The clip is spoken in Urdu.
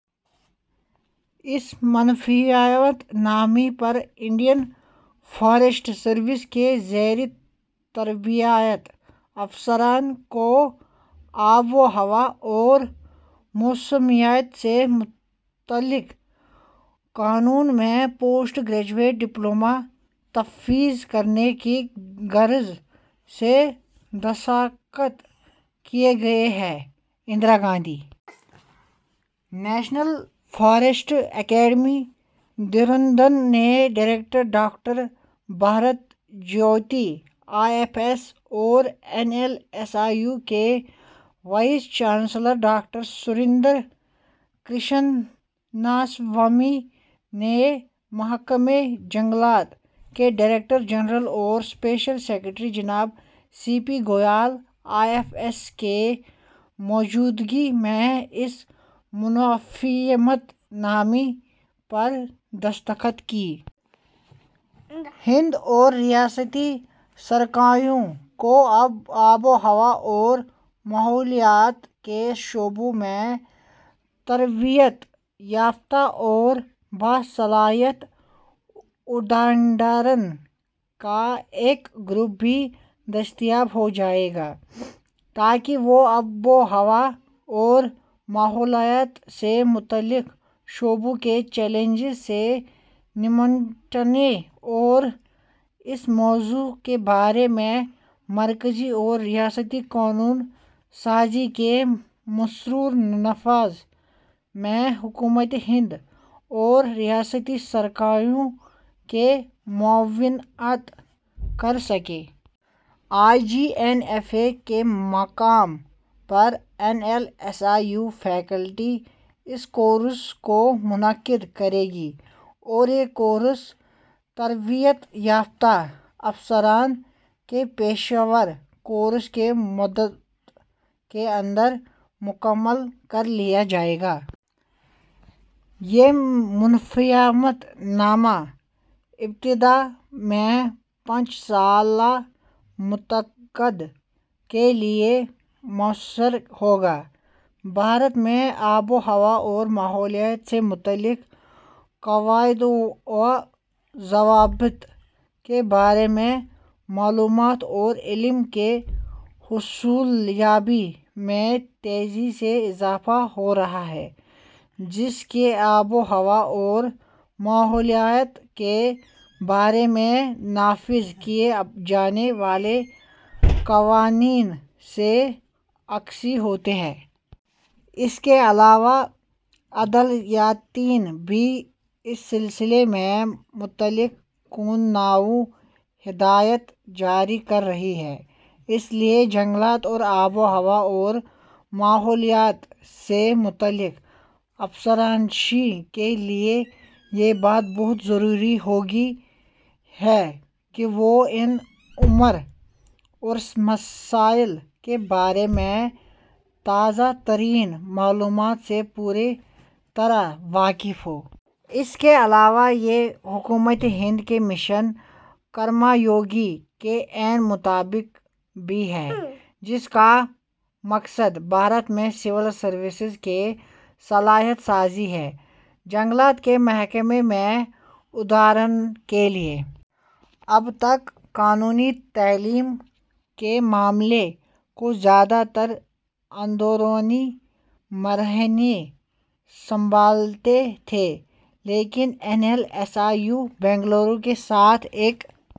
اس مفاہمت نامہ پر انڈین فوریسٹ سروس کے زیر تربیت افسران کو آب وہوا اور موسمیات سے متعلق قانون میں پوسٹ گریجویٹ ڈپلومہ تفویض کرنے کی غرض سے دستخط کئے گئے ہیں۔ Indira Gandhi national forest academy Dehradun کے director doctor Bharat Jyoti I F S اور N L S I U کے vice chancellor doctor Sudhir Krishnaswamy نے محکمہ جنگلات کے ڈائریکٹر جنرل اور اسپیشل سکریٹری جناب C P Goel I F S کی موجودگی میں اس مفاہمت نامہ دستخط کئے گئے۔ ہند اور ریاستی سرکاروں کو آب وہوا اور ماحولیات کے شعبے میں تربیت یافتہ اور باصلاحیت عہدیداروں کا ایک گروپ بھی دستیاب ہوجائے گا، تاکہ وہ آب وہوا، ماحولیات سے متعلق شعبے کے چیلنجوں سے نمٹنے اور اس موضوع کے بارے میں مرکزی اور ریاستی قانون سازی کے مؤثر نفاذ میں حکومت ہند اور ریاستی سرکاروں کی معاونت کرسکیں۔ آئی جی این ایف اے کے مقام پر N L S I U faculty, اس کورس کو منعقد کرے گی اور یہ کورس، تربیت یافتہ افسران کے پیشہ ورانہ کورس کی مدت کے اندر مکمل کرلیا جائے گا۔ یہ مفاہمت نامہ، ابتدا میں پانچ سالہ مدت کیلئے مؤثر ہوگا۔ بھارت میں آب وہوا اور ماحولیات سے متعلق قواعد وضوابط کے بارے میں معلومات اور علم کی حصولیابی میں تیزی سے اضافہ ہورہا ہے، جس کی آب وہوا اور ماحولیات کے بارے میں نافذ کئے جانے والے قوانین سے عکاسی ہوتی ہے۔ اس کے علاوہ اعلیٰ عدالتیں بھی اس سلسلے میں مختلف النوع ہدایتیں جاری کررہی ہے۔ اس لیے، جنگلات اور آب وہوا اور ماحولیات سے متعلق افسر شاہی کے لئے یہ بات بہت ضروری ہوگئی ہے کہ وہ ان امور اور مسائل کے بارے میں تازہ ترین معلومات سے پوری طرح واقف ہوں۔ اس کے علاوہ یہ حکومت ہند کے مشن، کرم یوگی کے عین مطابق بھی ہے، جس کا مقصد بھارت میں سول سروسز کی صلاحیت سازی ہے۔ جنگلات کے محکمے کے عہدیداروں کے لئے اب تک قانونی تعلیم کے معاملے کو زیادہ تر اندرونی ماہرین سنبھالتے تھے، لیکن N L S I U Bengaluru کے ساتھ ایک